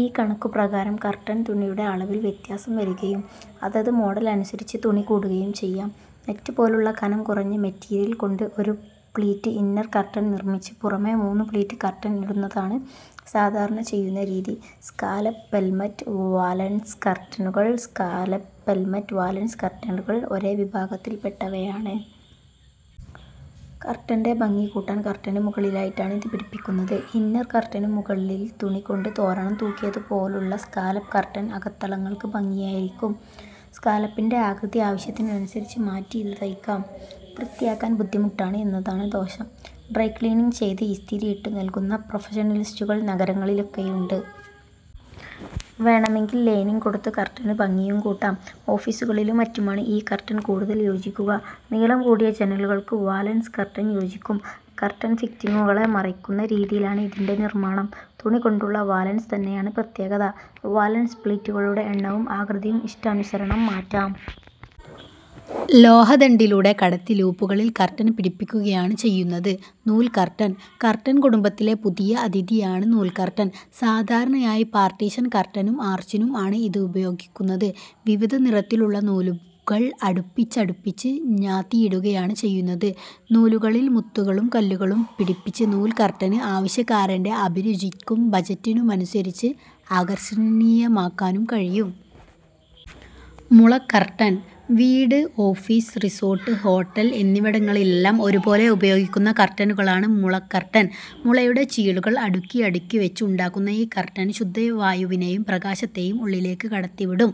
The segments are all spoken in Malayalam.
ഈ കണക്കുപ്രകാരം കര്ട്ടന് തുണിയുടെ അളവില് വ്യത്യാസം വരികയും അതത് മോഡല് അനുസരിച്ച് തുണി കൂടുകയും ചെയ്യാം. നെറ്റ് പോലുള്ള കനം കുറഞ്ഞ മെറ്റീരിയല്കൊണ്ട് ഒരു പ്ലീറ്റ് ഇന്നര്കര്ട്ടന് നിര്മിച്ച് പുറമെ മൂന്നു പ്ലീറ്റ് കര്ട്ടന് ഇടുന്നതാണ് സാധാരണ ചെയ്യുന്ന രീതി. സ്കാലപ്പ്, പെല്മറ്റ്, വാലന്സ് കര്ട്ടനുകള് സ്കാലപ്പ്, പെല്മറ്റ്, വാലന്സ് കര്ട്ടനുകള് ഒരേ വിഭാഗത്തില്പ്പെട്ടവയാണ്. കര്ട്ടന്റെ ഭംഗി കൂട്ടാന് കര്ട്ടന് മുകളിലായിട്ടാണ് ഇത് പിടിപ്പിക്കുന്നത്. ഇന്നര് കര്ട്ടനു മുകളില് തുണികൊണ്ട് തോരണം തൂക്കിയതുപോലുളള സ്കാലപ്പ് കര്ട്ടന് അകത്തളങ്ങള്ക്ക് ഭംഗിയായിരിക്കും. സ്കാലപ്പിന്റെ ആകൃതി ആവശ്യത്തിനനുസരിച്ച് മാറ്റി ഇത് തയ്ക്കാം. വൃത്തിയാക്കാന് ബുദ്ധിമുട്ടാണ് എന്നതാണ് ദോഷം. ്രൈഡക്ലീന് ചെയ്ത് ഇസ്തിരിയിട്ടു നല്കുന്ന പ്രൊഫഷണലിസ്റ്റുകള് നഗരങ്ങളിലൊക്കെയുണ്ട്. വേണമെങ്കില് ലൈനിങ് കൊടുത്ത് കര്ട്ടന് ഭംഗിയും കൂട്ടാം. ഓഫീസുകളിലും മറ്റുമാണ് ഈ കര്ട്ടന് കൂടുതല് യോജിക്കുക. നീളം കൂടിയ ജനലുകള്ക്ക് വാലന്സ് കര്ട്ടന് യോജിക്കും. കര്ട്ടന് ഫിറ്റിങ്ങുകള് മറയ്ക്കുന്ന രീതിയിലാണ് ഇതിന്റെ നിര്മാണം. തുണികൊണ്ടുള്ള വാലന്സ് തന്നെയാണ് പ്രത്യേകത. വാലന്സ് പ്ലീറ്റുകളുടെ എണ്ണവും ആകൃതിയും ഇഷ്ടാനുസരണം മാറ്റാം. ലോഹദണ്ഡിലൂടെ കടത്തി ലൂപ്പുകളില് കര്ട്ടന് പിടിപ്പിക്കുകയാണ് ചെയ്യുന്നത്. നൂല് കര്ട്ടന് കര്ട്ടന് കുടുംബത്തിലെ പുതിയ അതിഥിയാണ് നൂല്കര്ട്ടന്. സാധാരണയായി പാര്ട്ടീഷന് കര്ട്ടനും ആര്ച്ചിനും ആണ് ഇത് ഉപയോഗിക്കുന്നത്. വിവിധ നിറത്തിലുള്ള നൂലുകള് അടുപ്പിച്ചടുപ്പിച്ച് ഞാത്തിയിടുകയാണ് ചെയ്യുന്നത്. നൂലുകളില് മുത്തുകളും കല്ലുകളും പിടിപ്പിച്ച് നൂല്കര്ട്ടന് ആവശ്യക്കാരന്റെ അഭിരുചിക്കും ബജറ്റിനുമനുസരിച്ച് ആകര്ഷണീയമാക്കാനും കഴിയും. മുള കര്ട്ടന് വീട്, ഓഫീസ്, റിസോര്ട്ട്, ഹോട്ടല് എന്നിവിടങ്ങളിലെല്ലാം ഒരുപോലെ ഉപയോഗിക്കുന്ന കര്ട്ടനുകളാണ് മുളകര്ട്ടന്. മുളയുടെ ചീളുകള് അടുക്കിയടുക്കി വെച്ച് ഉണ്ടാക്കുന്ന ഈ കര്ട്ടന് ശുദ്ധവായുവിനെയും പ്രകാശത്തെയും ഉള്ളിലേക്ക് കടത്തിവിടും.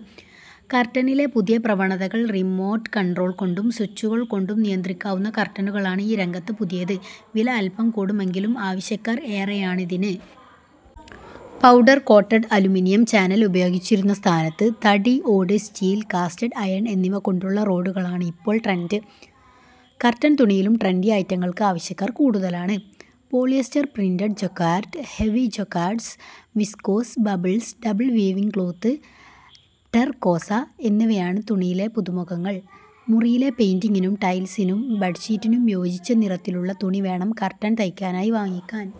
കര്ട്ടനിലെ പുതിയ പ്രവണതകള് റിമോര്ട്ട് കണ്ട്രോള്കൊണ്ടും സ്വിച്ചുകള്കൊണ്ടും നിയന്ത്രിക്കാവുന്ന കര്ട്ടനുകളാണ് ഈ രംഗത്ത് പുതിയത്. വില അല്പം കൂടുമെങ്കിലും ആവശ്യക്കാര് ഏറെയാണിതിന്. പൗഡര് കോട്ടഡ് അലുമിനിയം ചാനല് ഉപയോഗിച്ചിരുന്ന സ്ഥാനത്ത് തടി, ഓട്, സ്റ്റീല്, കാസ്റ്റ് അയേണ് എന്നിവകൊണ്ടുള്ള റോഡുകളാണ് ഇപ്പോള് ട്രെന്ഡ്. കര്ട്ടന് തുണിയിലും ട്രെന്ഡി ഐറ്റങ്ങള്ക്ക് ആവശ്യക്കാര് കൂടുതലാണ്. Polyester printed, jacquard, heavy jacquards, viscose, bubbles, double weaving cloth, ടെര്കോസ എന്നിവയാണ് തുണിയിലെ പുതുമുഖങ്ങള്. മുറിയിലെ പെയിന്റിനും ടൈല്സിനും ബെഡ്ഷീറ്റിനും യോജിച്ച നിറത്തിലുള്ള തുണി വേണം കര്ട്ടന് തയ്ക്കാനായി വാങ്ങിക്കാന്.